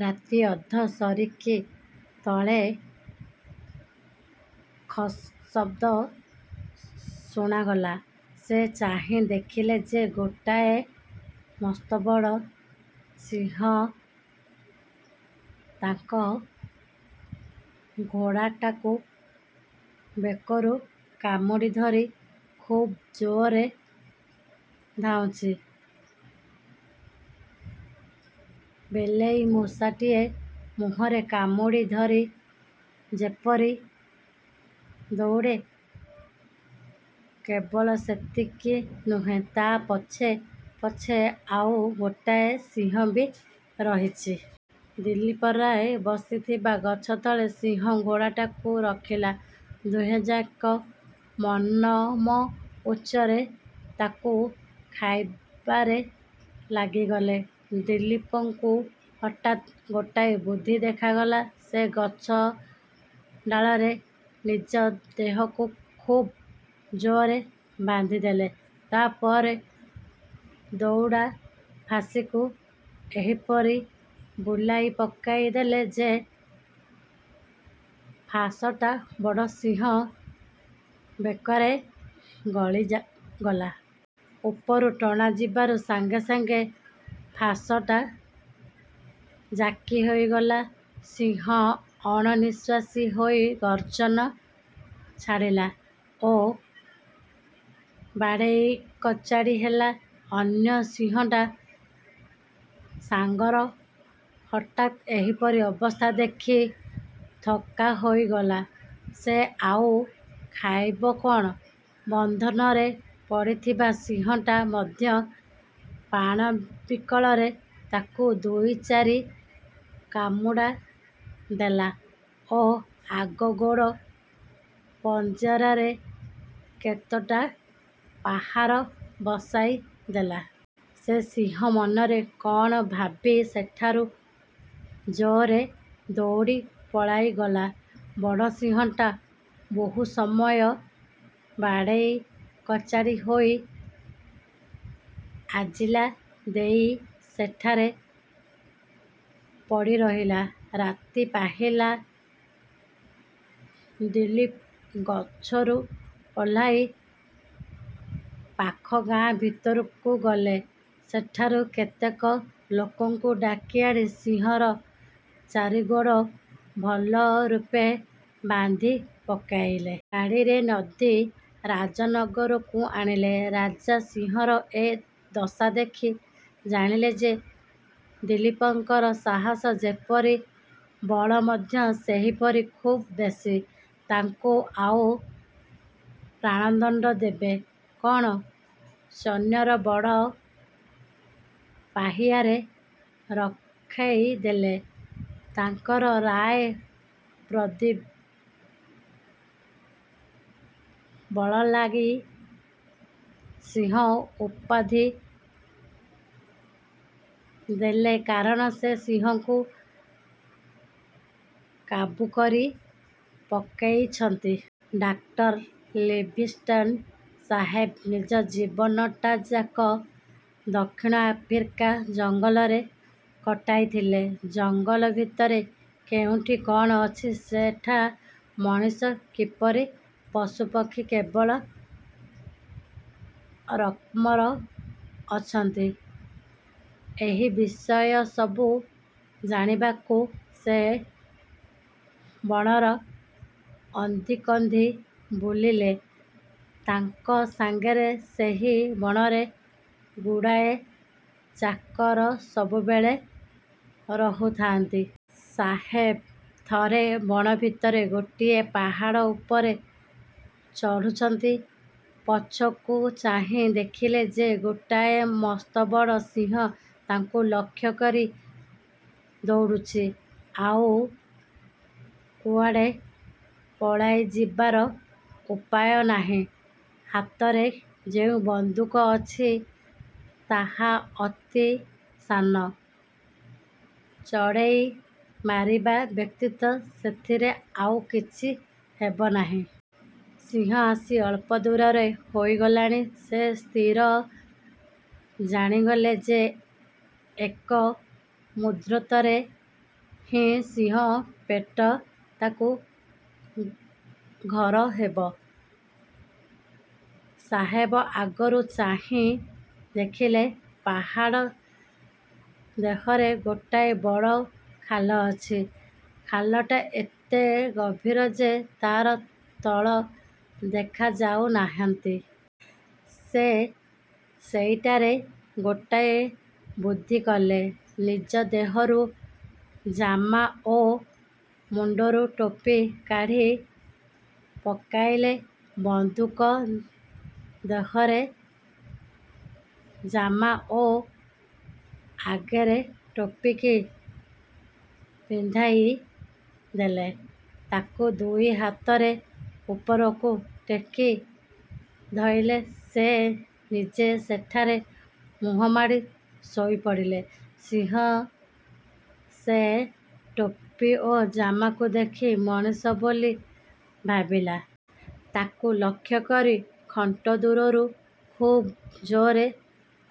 ରାତି ଅଧ ସରିକି ତଳେ ଖସ୍ଖସ୍ ଶବ୍ଦ ଶୁଣାଗଲା। ସେ ଚାହିଁ ଦେଖିଲେ ଯେ, ଗୋଟାଏ ମସ୍ତବଡ଼ ସିଂହ ତାଙ୍କ ଘୋଡ଼ାଟାକୁ ବେକରୁ କାମୁଡ଼ି ଧରି ଖୁବ ଜୋରରେ ଧାଇଁଛି-ବିଲେଇ ମୂଷାଟାଏ ମୁହଁରେ କାମୁଡ଼ି ଧରି ଯେପରି ଦଉଡ଼େ। କେବଳ ସେତିକି ନୁହେଁ, ତା' ପଛେ ପଛେ ଆଉ ଗୋଟାଏ ସିଂହ ବି ରହିଛି। ଦୁଲୀପ ରାୟ ବସିଥିବା ଗଛତଳେ ସିଂହ ଘୋଡ଼ାଟାକୁ ରଖିଲା। ଦୁହେଁଯାକ ମନମଉଜରେ ତାକୁ ଖାଇବାରେ ଲାଗିଗଲେ। ଦୁଲୀପଙ୍କୁ ହଠାତ୍ ଗୋଟାଏ ବୁଦ୍ଧି ଦେଖାଗଲା। ସେ ଗଛ ଡାଳରେ ନିଜ ଦେହକୁ ଖୁବ୍ ଜୋରରେ ବାନ୍ଧିଦେଲେ। ତା'ପରେ ଦଉଡ଼ା ଫାଶକୁ ଏପରି ବୁଲାଇ ପକାଇଦେଲେ ଯେ, ଫାଶଟା ବଡ଼ ସିଂହ ବେକରେ ଗଳିଗଲା। ଉପରୁ ଟଣା ଯିବାରୁ ସାଙ୍ଗେ ସାଙ୍ଗେ ଫାଶଟା ଜାକି ହୋଇଗଲା-। ସିଂହ ଅଣନିଃଶ୍ଵାସୀ ହୋଇ ଗର୍ଜନ ଛାଡ଼ିଲା ଓ ବାଡ଼େଇକଚାଡ଼ି ହେଲା। ଅନ୍ୟ ସିଂହଟା ସାଙ୍ଗର ହଠାତ୍ ଏପରି ଅବସ୍ଥା ଦେଖି ଥକା ହୋଇଗଲା। ସେ ଆଉ ଖାଇବ କଅଣ? ବନ୍ଧନରେ ପଡ଼ିଥିବା ସିଂହଟା ମଧ୍ୟ ପ୍ରାଣବିକଳରେ ତାକୁ ଦୁଇ ଚାରି କାମୁଡ଼ା ଦେଲା ଓ ଆଗ ଗୋଡ଼ ପଞ୍ଝାରେ କେତୁଟା ପାହାର ବସାଇ ଦେଲା। ସେ ସିଂହ ମନରେ କଅଣ ଭାବି ସେଠାରୁ ଜୋରରେ ଦଉଡ଼ି ପଳାଇଗଲା। ବଡ଼ ସିଂହଟା ବହୁ ସମୟ ବାଡ଼େଇ କଚାଡ଼ି ହୋଇ ଆଲିଜା ଦେଇ ସେଠାରେ ପଡ଼ିରହିଲା। ରାତି ପାହିଲା, ଦୁଲୀପ ଗଛରୁ ଓହ୍ଲାଇ ପାଖ ଗାଁ ଭିତରକୁ ଗଲେ। ସେଠାରୁ କେତେକ ଲୋକଙ୍କୁ ଡାକିଆଣି ସିଂହର ଚାରି ଗୋଡ଼ ଭଲ ରୂପେ ବାନ୍ଧି ପକାଇଲେ। ଗାଡ଼ିରେ ଲଦି ରାଜନଅରକୁ ଆଣିଲେ। ରାଜା ସିଂହର ଏ ଦଶା ଦେଖି ଜାଣିଲେ ଯେ, ଦୁଲୀପଙ୍କର ସାହସ ଯେପରି, ବଳ ମଧ୍ୟ ସେହିପରି ଖୁବ୍ ବେଶୀ। ତାଙ୍କୁ ଆଉ ପ୍ରାଣଦଣ୍ଡ ଦେବେ କଅଣ; ସୈନ୍ୟର ବଡ଼ ପାହିଆରେ ରଖାଇ ଦେଲେ। ତାଙ୍କର ''ରାୟ'' ପଦବୀ ବଦଳାଇ ''ସିଂହ'' ଉପାଧି ଦେଲେ-କାରଣ ସେ ସିଂହକୁ କାବୁ କରି ପକାଇଛନ୍ତି। ଡାକ୍ତର ଲିଭିଂଷ୍ଟୋନ ସାହେବ ନିଜ ଜୀବନଟାଯାକ ଦକ୍ଷିଣ ଆଫ୍ରିକା ଜଙ୍ଗଲରେ କଟାଇଥିଲେ। ଜଙ୍ଗଲ ଭିତରେ କେଉଁଠି କଅଣ ଅଛି, ସେଠା ମଣିଷ କିପରି, ପଶୁପକ୍ଷୀ କେତେ ରକମର ଅଛନ୍ତି-ଏହି ବିଷୟସବୁ ଜାଣିବାକୁ ସେ ବଣର ଅନ୍ଦିକନ୍ଦି ବୁଲୁଥିଲେ। ତାଙ୍କ ସଙ୍ଗରେ ସେହି ବଣର ଗୁଡ଼ିଏ ଚାକର ସବୁବେଳେ ରହିଥାନ୍ତି। ସାହେବ ଥରେ ବଣ ଭିତରେ ଗୋଟିଏ ପାହାଡ଼ ଉପରେ ଚଢ଼ୁଛନ୍ତି-ପଛକୁ ଚାହିଁ ଦେଖିଲେ ଯେ, ଗୋଟାଏ ମସ୍ତବଡ଼ ସିଂହ ତାଙ୍କୁ ଲକ୍ଷ୍ୟ କରି ଦଉଡ଼ୁଛି। ଆଉ କୁଆଡ଼େ ପଳାଇ ଯିବାର ଉପାୟ ନାହିଁ। ହାତରେ ଯେଉଁ ବନ୍ଧୁକ ଅଛି, ତାହା ଅତି ସାନ-ଚଢ଼େଇ ମାରିବା ବ୍ୟତୀତ ସେଥିରେ ଆଉ କିଛି ହେବ ନାହିଁ। ସିଂହ ଆସି ଅଳ୍ପ ଦୂରରେ ହୋଇଗଲାଣି। ସେ ସ୍ଥିର ଜାଣିଗଲେ ଯେ, ଏଇ ମୁହୂର୍ତ୍ତରେ ହିଁ ସିଂହ ପେଟ ତାଙ୍କ ଘର ହେବ। ସାହେବ ଆଗକୁ ଚାହିଁ ଦେଖିଲେ; ପାହାଡ଼ ଦେହରେ ଗୋଟାଏ ବଡ଼ ଖାଲ ଅଛି। ଖାଲଟା ଏତେ ଗହୀର ଯେ, ତା'ର ତଳ ଦେଖାଯାଉନାହିଁ। ସେ ସେଇଠାରେ ଗୋଟାଏ ବୁଦ୍ଧି କଲେ। ନିଜ ଦେହରୁ ଜାମା ଓ ମୁଣ୍ଡରୁ ଟୋପିଟି କାଢ଼ି ପକାଇଲେ। ବନ୍ଧୁକ ଦେହରେ ଜାମା ଓ ଅଗରେ ଟୋପିଟି ପିନ୍ଧାଇ ଦେଇ ତାକୁ ଦୁଇ ହାତରେ ଉପରକୁ ଟେକି ଧଇଲେ। ସେ ନିଜେ ସେଠାରେ ମୁହଁମାଡ଼ି ଶୋଇପଡ଼ିଲେ। ସିଂହ ସେ ଟୋପି ଓ ଜାମାକୁ ଦେଖି ମଣିଷ ବୋଲି ଭାବିଲା। ତାକୁ ଲକ୍ଷ୍ୟକରି ଖଣ୍ଡଦୂରରୁ ଖୁବ୍ ଜୋରରେ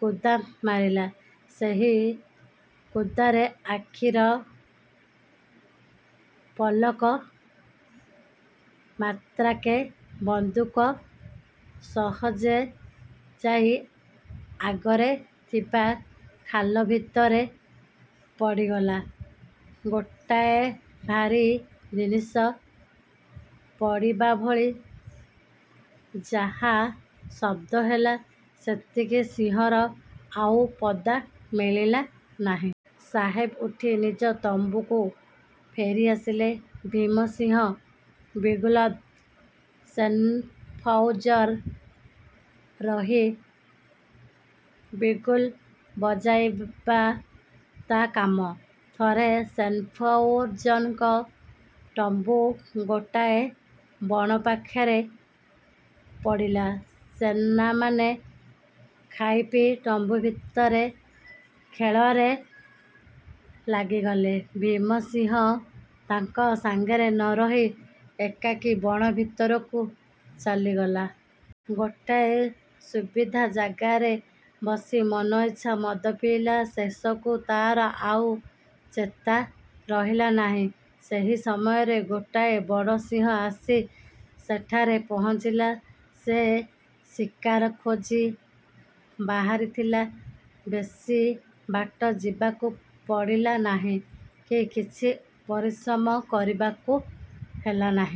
କୁଦା ମାରିଲା। ସେହି କୁଦାରେ ଆଖିର ପଲକ ମାତ୍ରକେ ବନ୍ଧୁକ ସହ ସେ ଯାଇ ଆଗରେ ଥିବା ଖାଲ ଭିତରେ ପଡ଼ିଗଲା। ଗୋଟାଏ ଭାରୀ ଜିନିଷ ପଡ଼ିବାଭଳି ଯାହା ଶବ୍ଦ ହେଲା, ସେତିକି-ସିଂହର ଆଉ ପତ୍ତା ମିଳିଲା ନାହିଁ। ସାହେବ ଉଠି ନିଜ ତମ୍ବୁକୁ ଫେରିଆସିଲେ। ଭୀମସିଂହ ବିଗୁଲଦ। ସୈନ୍ୟଫଉଜରେ ରହି ବିଗୁଲ୍ ବଜାଇବା ତା'ର କାମ। ଥରେ ସୈନ୍ୟଫଉଜଙ୍କ ତମ୍ବୁ ଗୋଟାଏ ବଣ ପାଖରେ ପଡ଼ିଲା। ସୈନ୍ୟମାନେ ଖାଇପିଇ ତମ୍ବୁ ଭିତରେ ଖେଳରେ ଲାଗିଗଲେ। ଭୀମ ସିଂହ ତାଙ୍କ ସଙ୍ଗରେ ନ ରହି ଏକାକୀ ବଣ ଭିତରକୁ ଚାଲିଗଲା। ଗୋଟିଏ ସୁବିଧା ଜାଗାରେ ବସି ମନଇଚ୍ଛା ମଦ ପିଇଲା। ଶେଷକୁ ତା'ର ଆଉ ଚେତା ରହିଲା ନାହିଁ। ସେହି ସମୟରେ ଗୋଟାଏ ବଡ଼ ସିଂହ ଆସି ସେଠାରେ ପହଞ୍ଚିଲା। ସେ ଶିକାର ଖୋଜି ବାହାରିଥିଲା। ବେଶୀ ବାଟ ଯିବାକୁ ପଡ଼ିଲା ନାହିଁ କି କିଛି ପରିଶ୍ରମ କରିବାକୁ ହେଲା ନାହିଁ-।